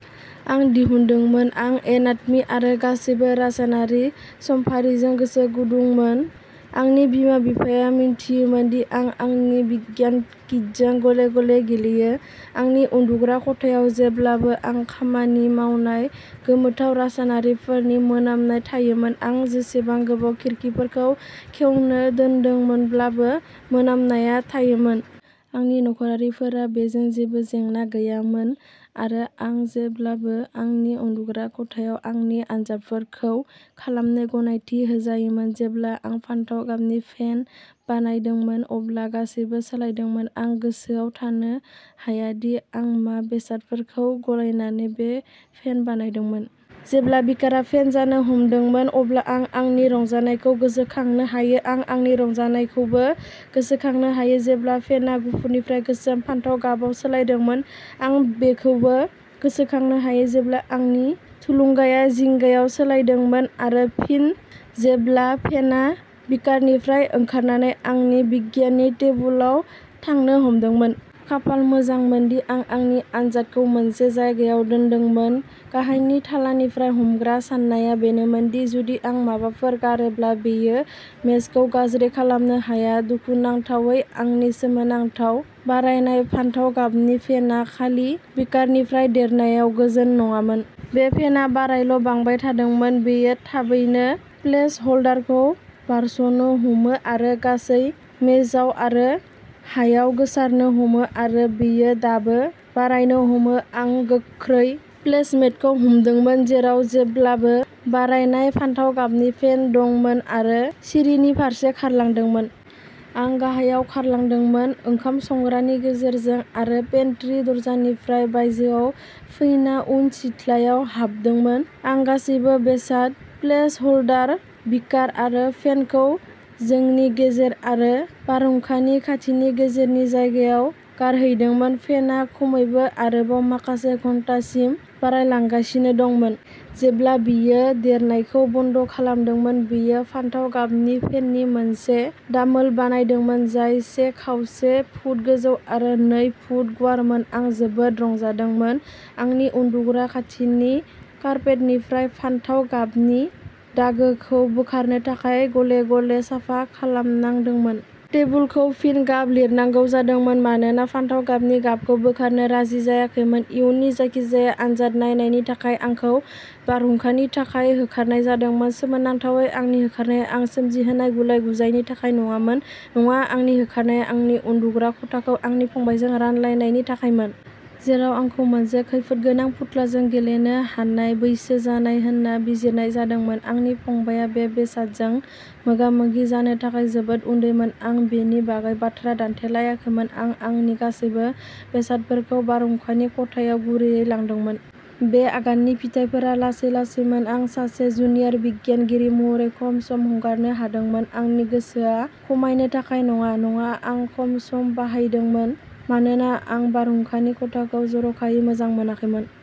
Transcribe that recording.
आं दिहुनदोंमोन। आं एनाटमी आरो गासैबो रासायनारि समफारिजों गोसो गुदुंमोन। आंनि बिमा-बिफाया मिथियोमोन दि आं आंनि बिगियान किटजों गले-गले गेलेयो। आंनि उन्दुग्रा खथायाव जेब्लाबो आं खामानि मावनाय गोमोथाव रासायनारिफोरनि मोनामनाय थायोमोन। आं जेसेबां गोबाव खिरखिफोरखौ खेवनो दोनदोंमोनब्लाबो मोनामनाया थायोमोन। आंनि नखरारिफोरा बेजों जेबो जेंना गैयामोन आरो आं जेब्लाबो आंनि उन्दुग्रा खथायाव आंनि आनजादफोरखौ खालामनो गनायथि होजायोमोन। जेब्ला आं फान्थाव गाबनि फेन बानायदोंमोन अब्ला गासैबो सोलायदोंमोन। आं गोसोआव थानो हाया दि आं मा बेसादफोरखौ गलायनानै बे फेन बानायदोंमोन। जेब्ला बीकारआ फेन जानो हमदोंमोन अब्ला आं आंनि रंजानायखौ गोसोखांनो हायो। आं आंनि रंजानायखौबो गोसोखांनो हायो जेब्ला फेनआ गुफुरनिफ्राय गोसोम फान्थाव गाबाव सोलायदोंमोन। आं बेखौबो गोसोखांनो हायो जेब्ला आंनि थुलुंगाया जिंगायाव सोलायदोंमोन आरो फिन जेब्ला फेनआ बीकारनिफ्राय ओंखारनानै आंनि बिगियाननि टेबोलाव थांनो हमदोंमोन। खाफाल मोजां मोनदि आं आंनि आनजादखौ मोनसे जायगायाव दोनदोंमोन। गाहायनि थालानिफ्राय हमग्रा। साननाया बेनोमोन दि जुदि आं माबाफोर गारोब्ला बेयो मेजखौ गाज्रि खालामनो हाया। दुखुनांथावै आंनि सोमोनांथाव बारायनाय फान्थाव गाबनि फेन आ खालि बीकारनिफ्राय देरनायाव गोजोन नङामोन। बे फेनआ बारायल' बांबाय थादोंमोन। बेयो थाबैनो प्लेस ह'ल्डारखौ बारस'नो हमो आरो गासै मेजआव आरो हायाव गोसारनो हमो। आरो बेयो दाबो बारायनो हमो। आं गोख्रै प्लेस मेटखौ हमदोंमोन जेराव जेब्लाबो बारायनाय फान्थाव गाबनि फेन दंमोन आरो सिरिनि फारसे खारलांदोंमोन। आं गाहायाव खारलांदोंमोन, ओंखाम संग्रानि गेजेरजों आरो पेन्ट्री दरजानिफ्राय बायजोआव फैना उन सिथ्लायाव हाबदोंमोन। आं गासिबो बेसाद, प्लेस ह'ल्डार, बीकार आरो फेनखौ जोंनि गेरेज आरो बारहुंखानि खाथिनि गेजेरनि जायगायाव गारहरदोंमोन। फेनआ खमैबो आरोबाव माखासे घन्टासिम बारायलांगासिनो दंमोन। जेब्ला बेयो देरनायखौ बन्द खालामदोंमोन, बेयो फान्थाव गाबनि फेननि मोनसे दामोल बानायदोंमोन जाय से खावसे फुट गोजौ आरो नै फुट गुवारमोन। आं जोबोद रंजादोंमोन। आंनि उन्दुग्रा खाथिनि कार्पेटनिफ्राय फान्थाव गाबनि दागोखौ बोखारनो थाखाय गले-गले साफा खालामनांदोंमोन। टेबोलखौ फिन गाब लगायनांगौ जादोंमोन मानोना फान्थाव गाबनि गाबखौ बोखारनो राजि जायाखैमोन। इयुननि जायखिजाया आनजाद नायनायनि थाखाय आंखौ बारहुंखानि थाखाय होखारनाय जादोंमोन। सोमोनांथावै आंनि होखारनाया आं सोमजिहोनाय गुलाय-गुजायनि थाखाय नङामोन। नङा, आंनि होखारनाया आंनि उन्दुग्रा खथाखौ आंनि फंबायजों रानलायनायनि थाखायमोन। जेराव आंखौ मोनसे खैफोदगोनां फुथुलाजों गेलेनो हानाय बैसो जानाय होन्ना बिजिरनाय जादोंमोन, आंनि फंबायआ बे बेसादजों मोगा मोगि जानो थाखाय जोबोद उन्दैमोन। आं बेनि बागै बाथ्रा दान्थेलायाखैमोन। आं आंनि गासैबो बेसादफोरखौ बारहुंखानि खथायाव गुरैयै लांदोंमोन। बे आगाननि फिथाइफोरा लासै-लासैमोन। आं सासे जुनियर बिगियानगिरि महरै खम सम हगारनो हमदोंमोन। आंनि गोसोआ खमायनायनि थाखाय नङा। नङा, आं खम सम बाहायदोंमोन मानोना आं बारहुंखानि खथाखौ जर'खायै मोजां मोनाखैमोन।